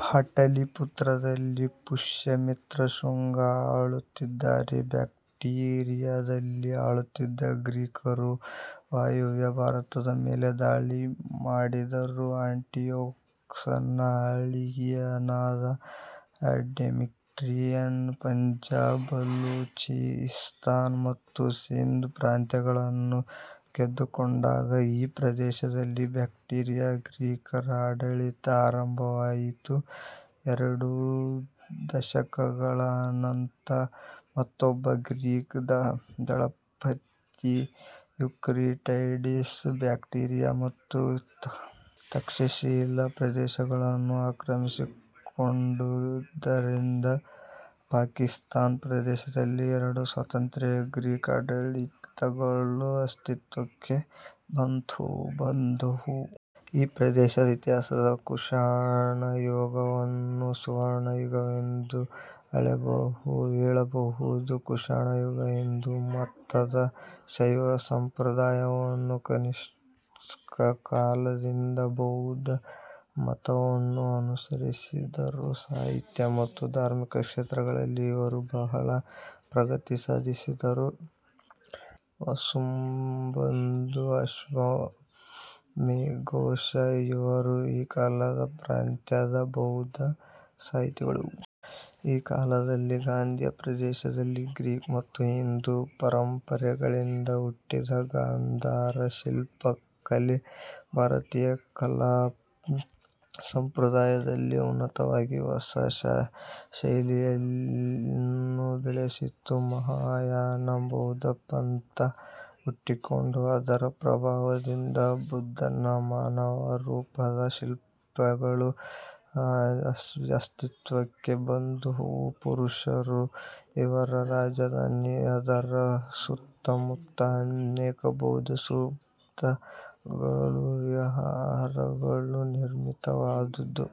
ಪಾಟಲಿ ಪುತ್ರದಲ್ಲಿ ಪುಷ್ಯಮಿತ್ರ ಶುಂಗ ಆಳುತ್ತಿದ್ದಾಗ ಬ್ಯಾಕ್ಟ್ರಿಯದಲ್ಲಿ ಆಳುತ್ತಿದ್ದ ಗ್ರೀಕರು ವಾಯವ್ಯ ಭಾರತದ ಮೇಲೆ ದಾಳಿ ಮಾಡಿದರು. ಆಂಟಿಯೋಕಸನ ಅಳಿಯನಾದ ಡೆಮಿಟ್ರಿಯನ್ ಪಂಜಾಬ್, ಬಲೂಚಿಸ್ತಾನ ಮತ್ತು ಸಿಂಧ್ ಪ್ರಾಂತ್ಯಗಳನ್ನು ಗೆದ್ದುಕೊಂಡಾಗ ಈ ಪ್ರದೇಶದಲ್ಲಿ ಬ್ಯಾಕ್ಟ್ರಿಯಾದ ಗ್ರೀಕರ ಆಡಳಿತ ಆರಂಭವಾಯಿತು. ಎರಡು ದಶಕಗಳ ಅನಂತರ ಮತ್ತೊಬ್ಬ ಗ್ರೀಕ್ ದಳಪತಿ ಯುಕ್ರಿಟೈಡಿಸ್ ಬ್ಯಾಕ್ಟ್ರಿಯ ಮತ್ತು ತಕ್ಷಶಿಲಾ ಪ್ರದೇಶಗಳನ್ನು ಆಕ್ರಮಿಸಿಕೊಂಡುದರಿಂದ ಪಾಕಿಸ್ತಾನ ಪ್ರದೇಶದಲ್ಲಿ ಎರಡು ಸ್ವತಂತ್ರ ಗ್ರೀಕ್ ಆಡಳಿತಗಳು ಅಸ್ತಿತ್ವಕ್ಕೆ ಬಂದುವು. ಈ ಪ್ರದೇಶದ ಇತಿಹಾಸದಲ್ಲಿ ಕುಷಾಣ ಯುಗವನ್ನು ಸುವರ್ಣ ಯುಗವೆಂದು ಹೇಳಬಹುದು. ಕುಷಾಣರು ಹಿಂದೂ ಮತದ ಶೈವ ಸಂಪ್ರದಾಯವನ್ನೂ ಕನಿಷ್ಕನ ಕಾಲದಿಂದ ಬೌದ್ಧ ಮತವನ್ನೂ ಅನುಸರಿಸಿದರು. ಸಾಹಿತ್ಯ ಮತ್ತು ಧಾರ್ಮಿಕ ಕ್ಷೇತ್ರಗಳಲ್ಲಿ ಇವರು ಬಹಳ ಪ್ರಗತಿ ಸಾಧಿಸಿದರು. ವಸುಬಂಧು, ಅಶ್ವಘೋಷ ಇವರು ಈ ಕಾಲದ ಪ್ರಖ್ಯಾತ ಬೌದ್ಧ ಸಾಹಿತಿಗಳು. ಈ ಕಾಲದಲ್ಲಿ ಗಾಂಧಾರ ಪ್ರದೇಶದಲ್ಲಿ ಗ್ರೀಕ್ ಮತ್ತು ಹಿಂದೂ ಪರಂಪರೆಗಳಿಂದ ಹುಟ್ಟಿದ ಗಾಂಧಾರ ಶಿಲ್ಪ ಕಲೆ ಭಾರತೀಯ ಕಲಾ ಸಂಪ್ರದಾಯದಲ್ಲಿ ಉನ್ನತವಾದ ಹೊಸ ಶೈಲಿಯನ್ನು ಬೆಳೆಸಿತು. ಮಹಾಯಾನ ಬೌದ್ಧಪಂಥ ಹುಟ್ಟಿಕೊಂಡು ಅದರ ಪ್ರಭಾವದಿಂದ ಬುದ್ಧನ ಮಾನವರೂಪದ ಶಿಲ್ಪಗಳು ಅಸ್ತಿತ್ವಕ್ಕೆ ಬಂದುವು. ಪುರುಷಪುರ ಇವರ ರಾಜಧಾನಿ. ಅದರ ಸುತ್ತಮುತ್ತ ಅನೇಕ ಬೌದ್ಧಸ್ತೂಪಗಳೂ ವಿಹಾರಗಳೂ ನಿರ್ಮಿತವಾದುವು.